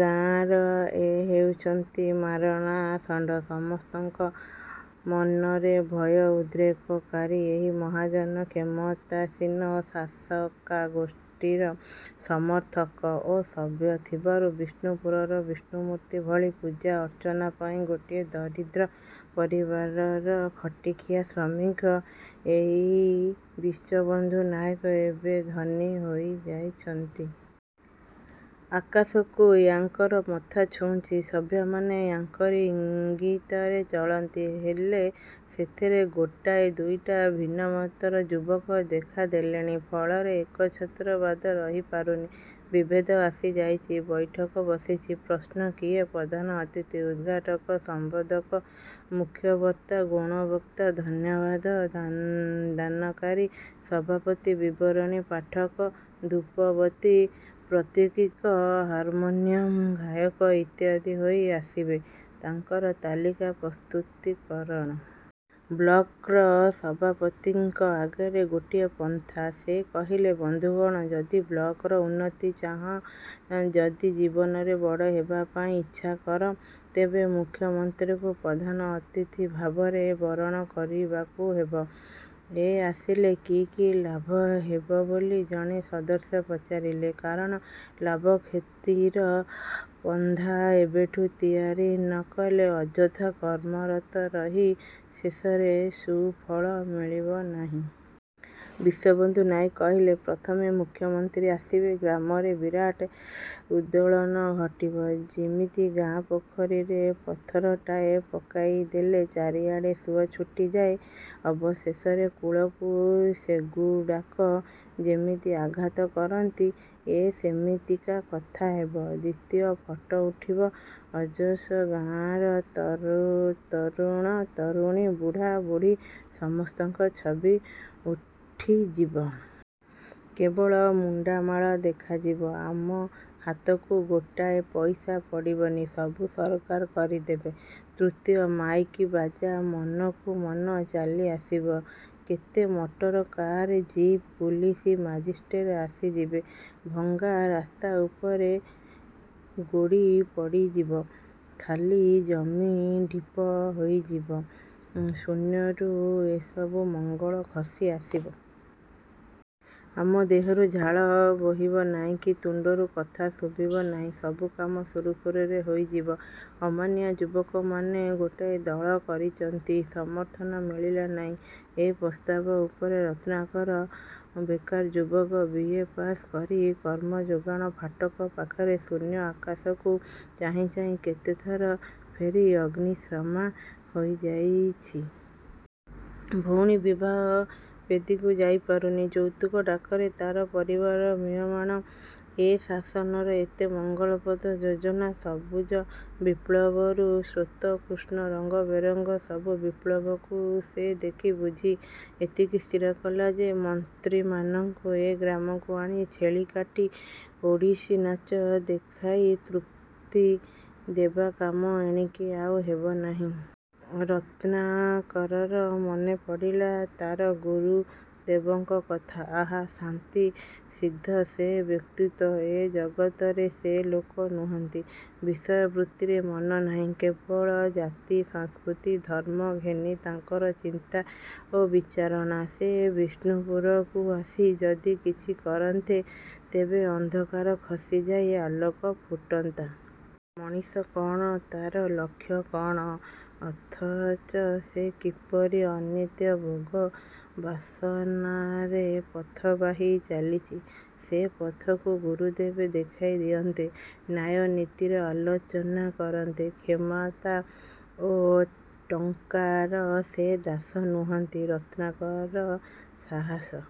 ଗାଁର ଏ ହେଉଛନ୍ତି ମାରଣା ଷଣ୍ଢ। ସମସ୍ତଙ୍କ ମନରେ ଭୟ ଉଦ୍ରେକକାରୀ ଏହି ମହାଜନ, କ୍ଷମତାସୀନ ଶାସକାଗୋଷ୍ଠୀର ସମର୍ଥକ ଓ ସଭ୍ୟ ଥିବାରୁ ବିଷ୍ଣୁପୁରର ବିଷ୍ଣୁ ମୂର୍ତ୍ତି ଭଳି ପୂଜା ଅର୍ଚ୍ଚନା ପାଇ ଗୋଟିଏ ଦରିଦ୍ର ପରିବାରର ଖଟିଖିଆ ଶ୍ରମିକ ଏଇ ବିଶ୍ଵବନ୍ଧୁ ନାୟକ ଏବେ ଧନୀ ହୋଇଯାଇଛନ୍ତି। ଆକାଶକୁ ୟାଙ୍କର ମଥା ଛୁଉଁଛି। ସଭ୍ୟମାନେ ୟାଙ୍କରି ଇଙ୍ଗିତରେ ଚଳନ୍ତି, ହେଲେ ସେଥିରେ ଗୋଟାଏ ଦୁଇଟା ଭିନ୍ନମତର ଯୁବକ ଦେଖାଦେଲେଣି; ଫଳରେ ଏକଛତ୍ରବାଦ ରହିପାରୁନି। ବିଭେଦ ଆସିଯାଇଛି। ବୈଠକ ବସିଛି। ପ୍ରଶ୍ନ.. କିଏ ପ୍ରଧାନ ଅତିଥି, ଉଦ୍ଘାଟକ, ସମ୍ବର୍ଦ୍ଧକ, ମୁଖ୍ୟବକ୍ତା, ଗୌଣବକ୍ତା, ଧନ୍ୟବାଦ ଦାନକାରି, ସଭାପତି, ବିବରଣୀ ପାଠକ, ଧୂପବତୀ ପ୍ରଦୀପକ, ହାରମୋନିୟମ ଗାୟକ ଇତ୍ୟାଦି ହୋଇ ଆସିବେ-ତାଙ୍କର ତାଲିକା ପ୍ରସ୍ତୁତିକରଣ। କ୍ଳବର ସଭାପତିଙ୍କ ଆଗରେ ଗୋଟିଏ ପନ୍ଥା। ସେ କହିଲେ, ବନ୍ଧୁଗଣ, ଯଦି କ୍ଲବର ଉନ୍ନତି ଚାହଁ, ଯଦି ଜୀବନରେ ବଡ଼ ହେବାପାଇଁ ଇଛାକର, ତେବେ ମୁଖ୍ୟମନ୍ତ୍ରୀଙ୍କୁ ପ୍ରଧାନ ଅତିଥି ଭାବରେ ବରଣ କରିବାକୁ ହେବ। ଏ ଆସିଲେ କୀ କୀ ଲାଭ ହେବ ବୋଲି ଜଣେ ସଦସ୍ୟ ପଚାରିଲେ କାରଣ ଲାଭ କ୍ଷତିର ଫର୍ଦ୍ଦ ଏବେଠୁ ତିଆରି ନ କଲେ, ଅଯଥା କର୍ମରତ ରହି ଶେଷରେ ସୁଫଳ ମିଳିବନାହିଁ। ବିଶ୍ଵବନ୍ଧୁ ନାୟକ କହିଲେ-ପ୍ରଥମେ-ମୁଖ୍ୟମନ୍ତ୍ରୀ ଆସିବେ, ଗ୍ରାମରେ ବିରାଟ ଉଦ୍ବେଳନ ଘଟିବ, ଯିମିତ ଗାଁ ପୋଖରୀରେ ପଥରଟାଏ ପକାଇଦେଲେ ଚାରିଆଡ଼େ ସୁଅ ଛୁଟିଯାଏ; ଅବଶେଷରେ କୂଳକୁ ସେଗୁଡ଼ାକ ଯେମିତି ଆଘାତ କରନ୍ତି, ଏ ସେମିତିକା କଥା ହେବ। ଦ୍ଵିତୀୟ, ଫଟୋ ଉଠିବ ଅଜସ୍ର-ଗାଁର ତରୁଣ ତରୁଣୀ, ବୁଢ଼ା ବୁଢ଼ୀ ସମସ୍ତଙ୍କର ଛବି ଉଠିଯିବ। କେବଳ ମୁଣ୍ଡମାଳ ଦେଖାଯିବ। ଆମ ହାତକୁ, ଗୋଟାଏ ପଇସା ପଡ଼ିବନି-ସବୁ ସରକାର କରିଦେବେ। ତୃତୀୟ, ମାଇକ୍ ବାଜା ମନକୁ ମନ ଚାଲିଆସିବ। କେତେ ମଟରକାର, ଜିପ୍, ପୋଲିସ୍, ମାଜିଷ୍ଟ୍ରେଟ୍ ଆସିଯିବେ। ଭଙ୍ଗା ରାସ୍ତାଉପରେ ଗୋଡ଼ି ପଡ଼ିଯିବ। ଖାଲ ଜମି ଢିପ ହୋଇଯିବ। ଶୂନ୍ୟରୁ ଏସବୁ ମଙ୍ଗଳ ଖସି ଆସିବ। ଆମ ଦେହରୁ ଝାଳ ବୋହିବନାହିଁ କି ତୁଣ୍ଡରୁ କଥା ଶୁଭିବ ନାହିଁ। ସବୁ କାମ ସୁରୁଖୁରୁରେ ହୋଇଯିବ। ଅମାନିଆ ଯୁବକମାନେ ଗୋଟାଏ ଦଳ କରିଛନ୍ତି। ସମର୍ଥନ ମିଳିଲାନାହିଁ ଏ ପ୍ରସ୍ତାବ ଉପରେ ରତ୍ନାକର ବେକାର ଯୁବକ; ବି. ଏ. ପାଶ୍ କରି କର୍ମଯୋଗାଣ ଫାଟକ ପାଖରେ ଶୂନ୍ୟ ଆକାଶକୁ ଚାହିଁ ଚାହିଁ କେତେଥର ଫେରି ଅଗ୍ନିଶର୍ମା ହୋଇଯାଇଛି। ଭଉଣୀ ବିବାହ-ବେଦୀକୁ ଯାଇ ପାରୁନି, ଯୌତୁକ ଡାକରେ ତାର ପରିବାର ମ୍ରିୟମାଣ। ଏ ଶାସନର ଏତେ ମଙ୍ଗଳପ୍ରଦ ଯୋଜନା ସବୁଜ ବିପ୍ଳବରୁ ଶ୍ଵେତ, କୃଷ୍ଣ, ରଙ୍ଗବେରଙ୍ଗ ସବୁ ବିପ୍ଳବକୁ ସେ ଦେଖି, ବୁଝି, ଏତିକି ସ୍ଥିରକଲା ଯେ ମନ୍ତ୍ରୀମାନଙ୍କୁ ଏ ଗ୍ରାମକୁ ଆଣି ଛେଳି କାଟି, ଓଡ଼ିଶୀ ନାଚ ଦେଖାଇ ତୃପ୍ତି ଦେବା କାମ ଏଣିକି ଆଉ ହେବନାହିଁ। ରତ୍ନାକରର ମନେପଡ଼ିଲା ତାର ଗୁରୁଦେବଙ୍କ କଥା। ଆହା, ଶାନ୍ତ ସ୍ନିଗ୍ଧ ସେ ବ୍ୟକ୍ତିତ୍ଵ-! ଏ ଜଗତରେ ସେ ଲୋକ ନୁହନ୍ତି। ବିଷୟବୃତ୍ତିରେ ମନ ନାହିଁ। କେବଳ ଜାତି, ସଂସ୍କୃତି, ଧର୍ମ ଘେନି ତାଙ୍କର ଚିନ୍ତା ଓ ବିଚାରଣା। ସେ ବିଷ୍ଣୁପୁରକୁ ଆସି ଯଦି କିଛି କରନ୍ତେ, ତେବେ ଅନ୍ଧକାର ଖସିଯାଇ ଆଲୋକ ଫୁଟନ୍ତା। ମଣିଷ କଣ, ତାର ଲକ୍ଷ୍ୟ କଣ, ଅଥଚ ସେ କିପରି ଅନିତ୍ୟ ଭୋଗ-ବାସନାରେ ପଥ ବାହି ଚାଲିଛି-ସେ ପଥକୁ ଗୁରୁଦେବ ଦେଖାଇ ଦିଅନ୍ତେ; ନ୍ୟାୟ ନୀତିର ଆଲୋଚନା କରନ୍ତେ। କ୍ଷମତା ଓ ଟଙ୍କାର ସେ ଦାସ ନୁହନ୍ତି। ରତ୍ନାକର ସାହସ